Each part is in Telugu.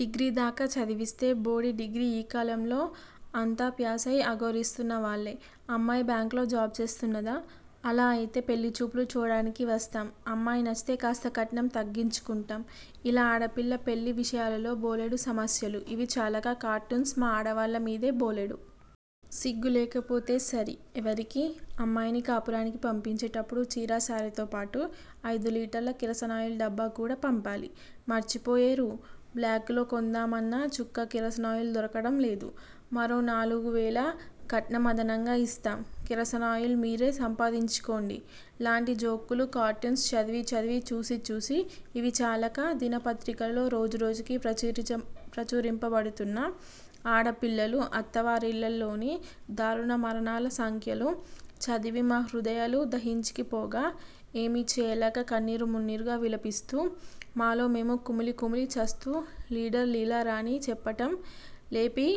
డిగ్రీదాకా చదివిస్తే బోడి డిగ్రీ యీ కాలంలో అంతా ప్యాసై అఘోరిస్తున్నవాళ్ళే అమ్మాయి బ్యాంకులో జాబ్ చేస్తున్నదా! అలా అయితే పెళ్ళిచూపులు చూడటానికి వస్తాం. అమ్మాయి నచ్చితే కాస్త కట్నం తగ్గించుకుంటాం. ఇలా ఆడపిల్ల పెళ్ళివిషయాలలో బోలెడు సమస్యలు ఇవి చాలక కార్టూన్స్ మా ఆడవాళ్ళమీద బోలెడు. సిగ్గులేకపోతే సరి ఎవరికి? అమ్మాయిని కాపురానికి పంపించేటప్పుడు చీరసారెతోపాటు అయిదు లీటర్ ల కిరసనాయిలు డబ్బా కూడా పంపాలి. మర్చిపోయేరు? బ్లాకులో కొందామన్నా చుక్క కిరసనాయిల్ దొరకటంలేదు. మరో నాలుగువేళ కట్నం అదనంగా యిస్తాం. కిరసనాయిలు మీరే సంపాదించుకోండి లాంటి జోకులు కార్టూన్స్ చదివి చదివి చూసిచూసి ఇవి చాలక దిన పత్రికలలో రోజురోజుకి ప్రచురింపబడుతున్న ఆడపిల్లలు అత్తవారిళ్ళలోని దారుణ మరణాల సంఖ్యలు చదివి మా హృదయాలు దహించిపోగా ఎమీచేయలేక కన్నీరు మున్నీరుగా విలపిస్తూ మాలో మేము కుమిలి కుమిలి చస్తూ లీడర్ లీలారాణి చెప్పటం లేపి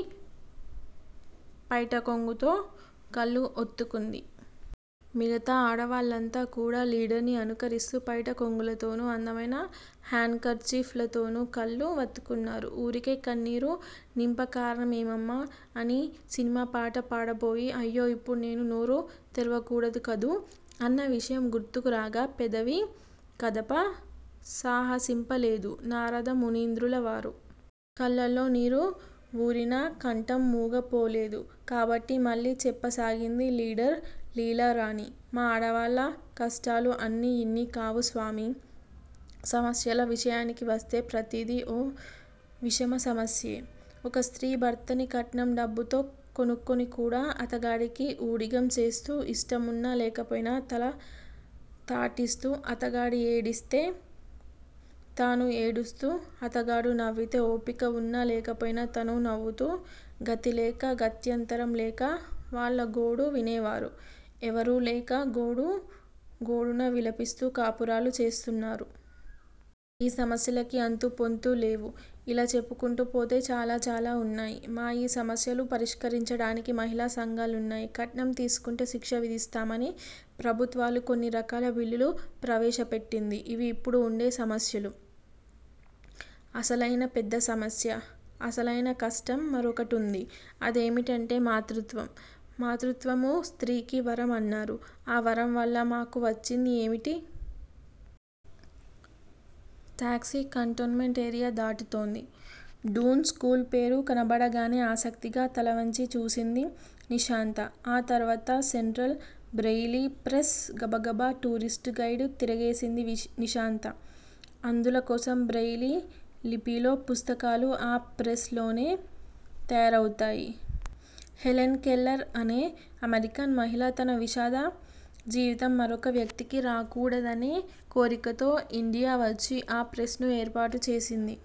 పైటకొంగుతో కళ్ళు ఒత్తుకుంది. మిగతా ఆడవాళ్ళంతా కూడా లీడర్ ని అనుకరిస్తూ పైట కొంగులతోను అందమైన హేండ్ కర్చీఫ్ లతోను కళ్ళు వత్తుకున్నారు. ఊరికే కన్నీరు నింప కారణమేమమ్మా! అని సినిమా పాట పాడబోయి అయ్యో ఇప్పుడు నేను నోరు తెరవకూడదు కదూ. అన్న విషయం గుర్తుకురాగా పెదవి కదప సాహసింపలేదు నారదమునీంద్రులవారు. కళ్ళల్లో నీరు వూరినా కంఠం మూగపోలేదు కాబట్టి మళ్ళీ చెప్పసాగింది లీడర్ లీలారాణి. మా ఆడవాళ్ళ కష్టాలు అన్నీ యిన్నీకావు స్వామీ! సమస్యల విషయానికి వస్తే ప్రతీదీ ఓ విషమ సమస్యే. ఒక స్త్రీ భర్తని కట్నం డబ్బుతో కొనుక్కుని కూడా అతగాడికి ఊడిగం చేస్తూ ఇష్టమున్నా లేకపోయినా తల తాటిస్తూ అతగాడు ఏడిస్తే తానూ ఏడుస్తూ అతగాడు నవ్వితే ఓపిక వున్నా లేకపోయినా తనూ నవ్వుతూ గతిలేక గత్యంతరం లేక వాళ్ళగోడు వినేవారు ఎవరూలేక గోడుగోడున విలపిస్తూ కాపురాలు చేస్తున్నారు. ఈ సమస్యలకి అంతూపొంతూ లేవు. ఇలా చెప్పుకుంటూ పోతే చాలాచాలా వున్నాయి. మా యీ సమస్యలు పరిష్కరించటానికి మహిళా సంఘాలున్నాయి. కట్నం తీసుకుంటే శిక్ష విధిస్తామని ప్రభుత్వము కొన్నిరకాల బిల్లులు ప్రవేశపెట్టింది. ఇవి ఎప్పుడూ వుండే సమస్యలు. అసలయిన పెద్ద సమస్య. అసలయిన కష్టం మరొకటుంది అదేమిటంటే మాతృత్వం మాతృత్వము స్త్రీకి వరం అన్నారు ఆ వరంవల్ల మాకు వచ్చింది ఏమిటి? టాక్సీ కంటోన్ మెంటు ఏరియా దాటుతోంది. డూన్ స్కూలు పేరు కనబడగానే ఆసక్తిగా తలవంచి చూసింది నిశాంత. ఆ తర్వాత సెంట్రల్ బ్రెయిలీ ప్రెస్, గబగబా టూరిస్టు గైడ్ తిరగేసింది నిశాంత. అంధుల కోసం బ్రెయిలీ లిపిలో పుస్తకాలు ఆ ప్రెస్ లోనే తయారవుతాయి. హెల్లెన్ కెల్లెర్ అనే అమరికన్ మహిళ తన విషాద జీవితం మరొక వ్యక్తికి రాగూడదనే కోరికతో ఇండియా వచ్చి ఆ ప్రెస్ ను ఏర్పాటు చేసింది.